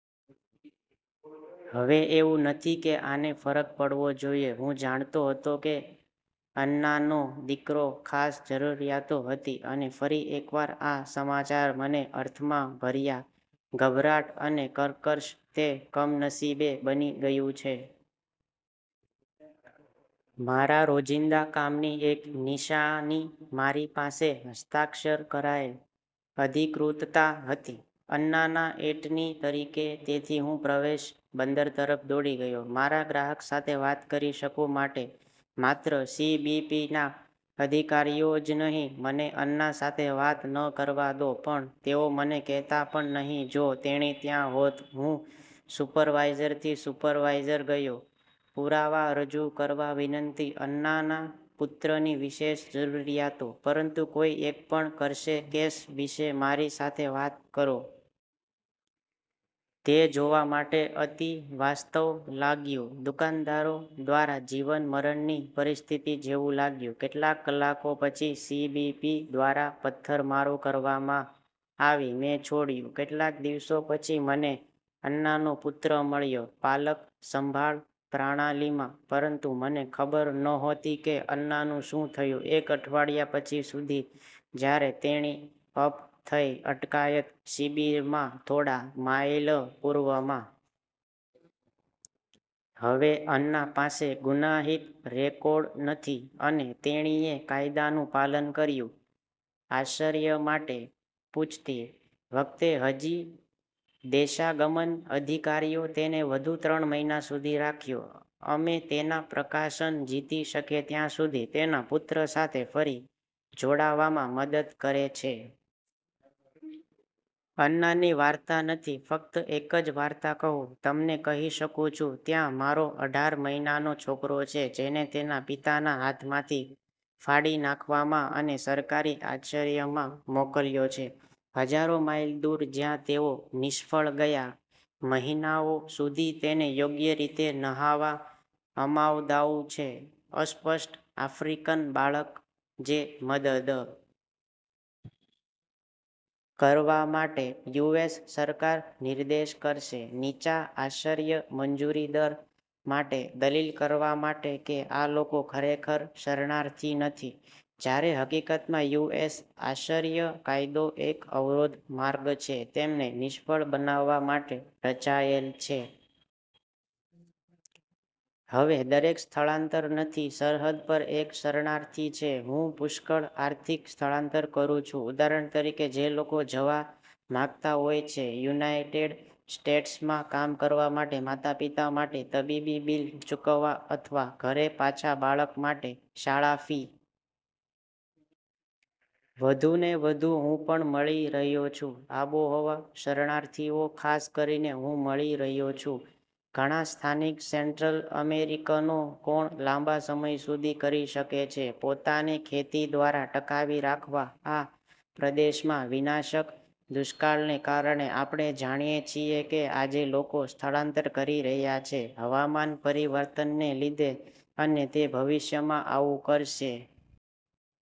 હવે એવું નથી કે આને ફરક પડવો જોઈએ, હું જાણતો હતો કે અન્નાનો દીકરો ખાસ જરૂરિયાતો હતી અને ફરી એકવાર આ સમાચાર મને અર્થમાં ભર્યા ગભરાટ અને કર્કશ, તે કમનસીબે બની ગયું છે., મારા રોજિંદા કામની એક નિશાની. મારી પાસે હસ્તાક્ષર કરાયેલ અધિકૃતતા હતી, અન્નાના એટની તરીકે ,તેથી હું પ્રવેશ બંદર તરફ દોડી ગયો. મારા ગ્રાહક સાથે વાત કરી શકું માટે માત્ર સીબીપીના અધિકારીઓ જ નહીં મને અન્ના સાથે વાત ન કરવા દો, પણ તેઓ મને કહેતા પણ નહીં જો તેણી ત્યાં હોત, હું સુપરવાઇઝરથી સુપરવાઇઝર ગયો, પુરાવા રજૂ કરવા વિનંતી અન્નાના પુત્રની વિશેષ જરૂરિયાતો, પરંતુ કોઈ એક પણ કરશે કેસ વિશે મારી સાથે વાત કરો. તે જોવા માટે અતિવાસ્તવ લાગ્યું દુકાનદારો દ્વારા જીવન-મરણની પરિસ્થિતિ જેવું લાગ્યું. કેટલાક કલાકો પછી સીબીપી દ્વારા પથ્થરમારો કરવામાં આવી મેં છોડ્યું. કેટલાક દિવસો પછી, મને અન્નાનો પુત્ર મળ્યો પાલક-સંભાળ પ્રણાલીમાં. પરંતુ મને ખબર નહોતી કે અન્નાનું શું થયું એક અઠવાડિયા પછી સુધી, જ્યારે તેણી અપ થઈ અટકાયત શિબિરમાં થોડા માઇલ પૂર્વમાં. હવે, અન્ના પાસે ગુનાહિત રેકોર્ડ નથી અને તેણીએ કાયદાનું પાલન કર્યું. આશ્રર્ય માટે પૂછતી વખતે હજી દેશાગમન અધિકારીઓ તેને વધુ ત્રણ મહિના સુધી રાખ્યો, અમે તેના પ્રકાશન જીતી શકે ત્યાં સુધી તેના પુત્ર સાથે ફરી જોડાવામાં મદદ કરે છે. અન્નાની વાર્તા નથી. ફક્ત એક જ વાર્તા કહું તમને કહી શકું છું. ત્યાં મારો અઢાર મહિનાનો છોકરો છે, જેને તેના પિતાના હાથમાંથી ફાડી નાખવામાં અને સરકારી આશ્ચર્યમાં મોકલ્યો છે હજારો માઇલ દૂર, જ્યાં તેઓ નિષ્ફળ ગયા મહિનાઓ સુધી તેને યોગ્ય રીતે નહાવા અમાવદાઉ છે, અસ્પષ્ટ આફ્રિકન બાળક, જે મદદ કરવા માટે. યુએસ સરકાર નિર્દેશ કરશે. નીચા આશ્ચર્ય મંજૂરી દર માટે દલીલ કરવા માટે કે આ લોકો ખરેખર શરણાર્થી નથી, જ્યારે હકીકતમાં, યુ. એસ. આશ્ચર્ય કાયદો એક અવરોધ માર્ગ છે. તેમને નિષ્ફળ બનાવવા માટે રચાયેલ છે. હવે દરેક સ્થળાંતર નથી સરહદ પર એક શરણાર્થી છે. હું પુષ્કળ આર્થિક સ્થળાંતર કરું છું. ઉદાહરણ તરીકે, જે લોકો જવા માંગતા હોય છે યુનાઇટેડ સ્ટેટ્સમાં કામ કરવા માટે, માતાપિતા માટે તબીબી બીલ ચૂકવવા અથવા ઘરે પાછા બાળક માટે શાળા ફી. વધુને વધુ, હું પણ મળી રહ્યો છું આબોહવા શરણાર્થીઓ. ખાસ કરીને, હું મળી રહ્યો છું ઘણા સ્થાનિક સેન્ટ્રલ અમેરિકનો કોણ લાંબા સમય સુધી કરી શકે છે, પોતાને ખેતી દ્વારા ટકાવી રાખવા. આ પ્રદેશમાં વિનાશક દુષ્કાલને કારણે આપણે જાણીએ છીએ કે આજે લોકો સ્થળાંતર કરી રહ્યા છે. હવામાન પરિવર્તનને લીધે, અને તે ભવિષ્યમાં આવું કરશે.